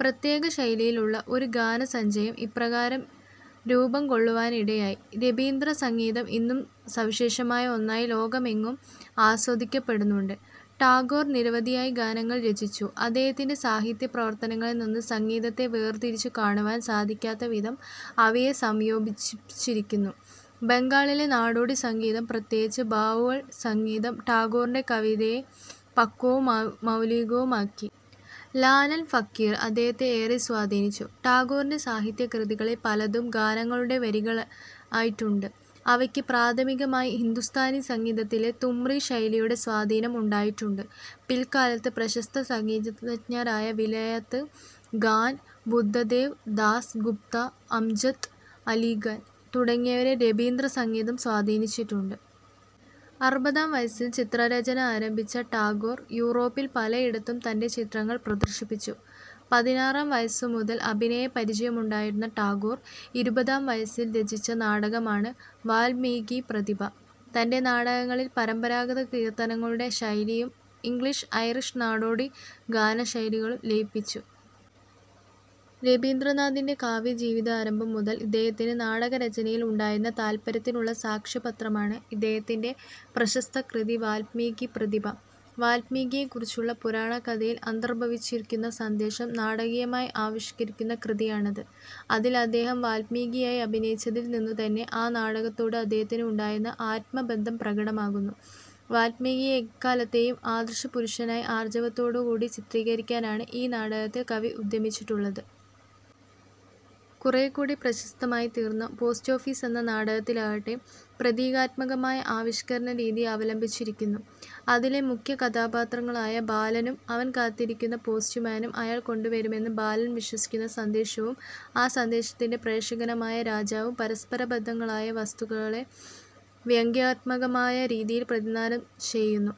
പ്രത്യേക ശൈലിയിലുള്ള ഒരു ഗാനസഞ്ചയം ഇപ്രകാരം രൂപം കൊള്ളുവാനിടയായി. രബീന്ദ്ര സംഗീതം ഇന്നും സവിശേഷമായ ഒന്നായി ലോകമെങ്ങും ആസ്വദിക്കപ്പെടുന്നുണ്ട്. ടാഗോർ നിരവധിയായ ഗാനങ്ങൾ രചിച്ചു. അദ്ദേഹത്തിൻ്റെ സാഹിത്യ പ്രവർത്തനങ്ങളിൽ നിന്ന് സംഗീതത്തെ വേർതിരിച്ചു കാണുവാൻ സാധിക്കാത്ത വിധം അവയെ സംയോബിപിപ്പിച്ചിരിക്കുന്നു. ബംഗാളിലെ നാടോടി സംഗീതം പ്രത്യേകിച്ച് ബാവുൾ സംഗീതം ടാഗോറിൻ്റെ കവിതയെ പക്വവും മൗ മൗലികവുമാക്കി. ലാലൻ ഫക്കീർ അദ്ദേഹത്തെ ഏറെ സ്വാധീനിച്ചു. ടാഗോറിൻ്റെ സാഹിത്യ കൃതികളിൽ പലതും ഗാനങ്ങളുടെ വരികള് ആയിട്ടുണ്ട്. അവയ്ക്ക് പ്രാഥമികമായി ഹിന്ദുസ്ഥാനി സംഗീതത്തിലെ തുമ്രി ശൈലിയുടെ സ്വാധീനം ഉണ്ടായിട്ടുണ്ട്. പിൽക്കാലത്ത് പ്രശസ്ത സംഗീതജജ്ഞരായ വിലായത്ത് ഖാൻ, ബുദ്ധദേവ് ദാസ് ഗുപ്ത, അംജദ് അലി ഖാൻ തുടങ്ങിയവരെ രബീന്ദ്ര സംഗീതം സ്വാധീനിച്ചിട്ടുണ്ട്. അറുപതാം വയസ്സിൽ ചിത്രരചന ആരംഭിച്ച ടാഗോർ, യൂറോപ്പിൽ പലയിടത്തും തൻ്റെ ചിത്രങ്ങൾ പ്രദർശിപ്പിച്ചു. പതിനാറാം വയസ്സു മുതൽ അഭിനയ പരിചയമുണ്ടായിരുന്ന ടാഗോർ, ഇരുപതാം വയസ്സിൽ രചിച്ച നാടകമാണ് "വാല്മീകി പ്രതിഭ". തൻ്റെ നാടകങ്ങളിൽ പരമ്പരാഗത കീർത്തനങ്ങളുടെ ശൈലിയും ഇംഗ്ലീഷ് ഐറിഷ് നാടോടി ഗാന ശൈലികളും ലയിപ്പിച്ചു. രബീന്ദ്രനാഥിൻ്റെ കാവ്യജീവിതാരംഭം മുതൽ ഇദ്ദേഹത്തിന് നാടകരചനയിൽ ഉണ്ടായിരുന്ന താല്പര്യത്തിനുള്ള സാക്ഷ്യപത്രമാണ് ഇദ്ദേഹത്തിൻ്റെ പ്രശസ്തകൃതി വാല്മീകി പ്രതിഭ. വാല്മീകിയെക്കുറിച്ചുള്ള പുരാണകഥയിൽ അന്തർഭവിച്ചിരിക്കുന്ന സന്ദേശം നാടകീയമായി ആവിഷ്കരിക്കുന്ന കൃതിയാണത്. അതിൽ അദ്ദേഹം വാല്മീകിയായി അഭിനയിച്ചതിൽ നിന്നുതന്നെ ആ നാടകത്തോട് അദ്ദേഹത്തിന് ഉണ്ടായിരുന്ന ആത്മബന്ധം പ്രകടമാകുന്നു. വാല്മീകിയെ എക്കാലത്തെയും ആദർശപുരുഷനായി ആർജവത്തോടുകൂടി ചിത്രീകരിക്കാനാണ് ഈ നാടകത്തിൽ കവി ഉദ്യമിച്ചിട്ടുള്ളത്. കുറേക്കൂടി പ്രശസ്തമായിത്തീർന്ന പോസ്റ്റ് ഓഫീസ് എന്ന നാടകത്തിലാകട്ടെ, പ്രതീകാത്മകമായ ആവിഷ്കരണരീതി അവലംബിച്ചിരിക്കുന്നു. അതിലെ മുഖ്യകഥാപാത്രങ്ങളായ ബാലനും അവൻ കാത്തിരിക്കുന്ന പോസ്റ്റുമാനും അയാൾ കൊണ്ടുവരുമെന്ന് ബാലൻ വിശ്വസിക്കുന്ന സന്ദേശവും ആ സന്ദേശത്തിൻ്റെ പ്രേഷകനുമായ രാജാവും പരസ്പരബദ്ധങ്ങളായ വസ്തുതകളെ വ്യംഗ്യാത്മകമായ രീതിയിൽ പ്രതിനിധാനം ചെയ്യുന്നു.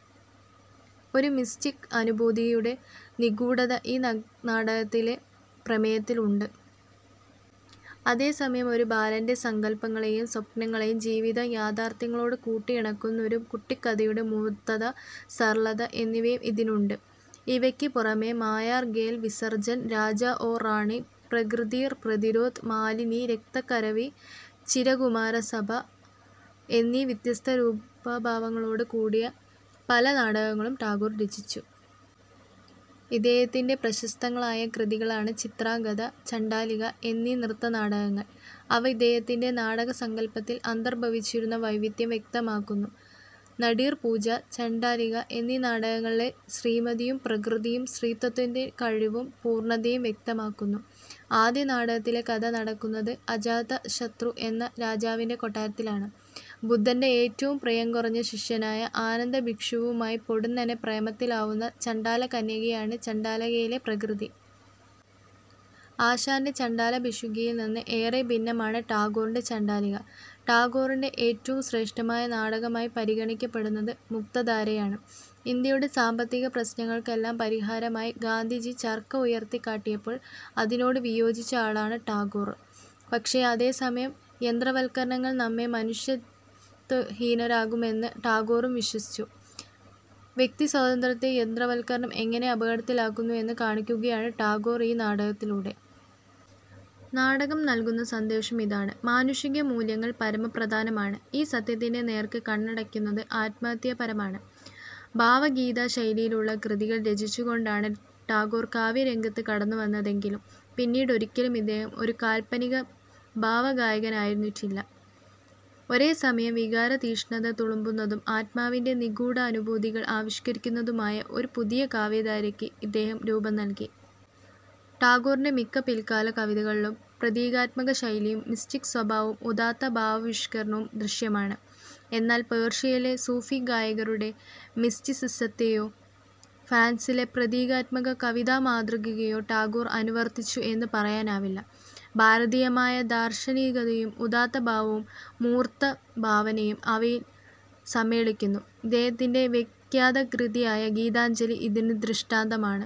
ഒരു മിസ്റ്റിക് അനുഭൂതിയുനുമാ ടെ നിഗൂഢത ഈ നാഗ് നാടകത്തിലെ പ്രമേയത്തിലുണ്ട് അതേസമയം ഒരു ബാലൻ്റെ സങ്കല്പങ്ങളെയും സ്വപ്നങ്ങളെയും ജീവിത യാഥാർഥ്യങ്ങളോട് കൂട്ടിയിണക്കുന്ന ഒരു കുട്ടിക്കഥയുടെ മൂർത്തത, സരളത എന്നിവയും ഇതിനുണ്ട്. ഇവയ്ക്ക് പുറമേ മായാർ ഖേൽ, വിസർജൻ, രാജാ ഓ റാണി, പ്രകൃതീർ പ്രതിരോധ്, മാലിനി, രക്തകരവി, ചിരകുമാരസഭാ എന്നീ വ്യത്യസ്ത രൂപഭാവങ്ങളോട് കൂടിയ പല നാടകങ്ങളും ടാഗോർ രചിച്ചു. ഇദ്ദേഹത്തിൻ്റെ പ്രശസ്തങ്ങളായ കൃതികളാണ് ചിത്രാംഗദ, ചണ്ഡാലിക എന്നീ നൃത്തനാടകങ്ങൾ. അവ ഇദ്ദേഹത്തിൻ്റെ നാടകസങ്കല്പത്തിൽ അന്തർഭവിച്ചിരുന്ന വൈവിധ്യം വ്യക്തമാക്കുന്നു. നടീർപൂജ, ചണ്ഡാലിക എന്നീ നാടകങ്ങളിലെ ശ്രീമതിയും പ്രകൃതിയും സ്ത്രീത്വത്തിൻ്റെ കഴിവും പൂർണതയും വ്യക്തമാക്കുന്നു. ആദ്യത്തെ നാടകത്തിലെ കഥ നടക്കുന്നത് അജാതശത്രു എന്ന രാജാവിൻ്റെ കൊട്ടാരത്തിലാണ്. ബുദ്ധൻ്റെ ഏറ്റവും പ്രിയം കുറഞ്ഞ ശിഷ്യനായ ആനന്ദഭിക്ഷുവുമായി പൊടുന്നനെ പ്രേമത്തിലാവുന്ന ചണ്ഡാലകന്യകയാണ് ചണ്ഡാലകയിലെ പ്രകൃതി. ആശാൻ്റെ ചണ്ഡാലഭിക്ഷുകിയിൽ നിന്ന് ഏറെ ഭിന്നമാണ് ടാഗോറിൻ്റെ ചണ്ഡാലിക. ടാഗോറിൻ്റെ ഏറ്റവും ശ്രേഷ്ഠമായ നാടകമായി പരിഗണിക്കപ്പെടുന്നത് മുക്തധാരയാണ്. ഇന്ത്യയുടെ സാമ്പത്തിക പ്രശ്നങ്ങൾക്കെല്ലാം പരിഹാരമായി ഗാന്ധിജി ചർക്ക ഉയർത്തിക്കാട്ടിയപ്പോൾ അതിനോട് വിയോജിച്ച ആളാണ് ടാഗോർ. പക്ഷേ, അതേസമയം, യന്ത്രവത്കരണങ്ങൾ നമ്മെ മനുഷ്യത്വഹീനരാക്കുമെന്ന് ടാഗോറും വിശ്വസിച്ചു. വ്യക്തിസ്വാതന്ത്ര്യത്തെ യന്ത്രവത്കരണം എങ്ങനെ അപകടത്തിലാക്കുന്നു എന്ന് കാണിക്കുകയാണ് ടാഗോർ ഈ നാടകത്തിലൂടെ. നാടകം നൽകുന്ന സന്ദേശം ഇതാണ്, മാനുഷികമൂല്യങ്ങൾ പരമപ്രധാനമാണ്, ഈ സത്യത്തിൻ്റെ നേർക്ക് കണ്ണടയ്ക്കുന്നത് ആത്മഹത്യാപരമാണ്. ഭാവഗീത ശൈലിയിലുള്ള കൃതികൾ രചിച്ചു കൊണ്ടാണ് ടാഗോർ കാവ്യരംഗത്ത് കടന്നുവന്നതെങ്കിലും പിന്നീട് ഒരിക്കലും ഇദ്ദേഹം ഒരു കാൽപ്പനിക ഭാവഗായകൻ ആയിരുന്നിട്ടില്ല. ഒരേസമയം വികാരതീക്ഷ്ണത തുളുമ്പുന്നതും ആത്മാവിൻ്റെ നിഗൂഢാനുഭൂതികൾ ആവിഷ്കരിക്കുന്നതുമായ ഒരു പുതിയ കാവ്യധാരയ്ക്ക് ഇദ്ദേഹം രൂപം നൽകി. ടാഗോറിൻ്റെ മിക്ക പിൽക്കാല കവിതകളിലും പ്രതീകാത്മക ശൈലിയും മിസ്റ്റിക് സ്വഭാവവും ഉദാത്ത ഭാവാവിഷ്കരണവും ദൃശ്യമാണ്. എന്നാൽ പേർഷ്യയിലെ സൂഫിഗായകരുടെ മിസ്റ്റിസിസത്തെയോ ഫ്രാൻസിലെ പ്രതീകാത്മക കവിതാമാതൃകയെയോ ടാഗോർ അനുവർത്തിച്ചു എന്ന് പറയാനാവില്ല. ഭാരതീയമായ ദാർശനികതയും ഉദാത്ത ഭാവവും മൂർത്തഭാവനയും അവയിൽ സമ്മേളിക്കുന്നു. ഇദ്ദേഹത്തിൻ്റെ വിഖ്യാത കൃതിയായ ഗീതാഞ്ജലി ഇതിന് ദൃഷ്ടാന്തമാണ്.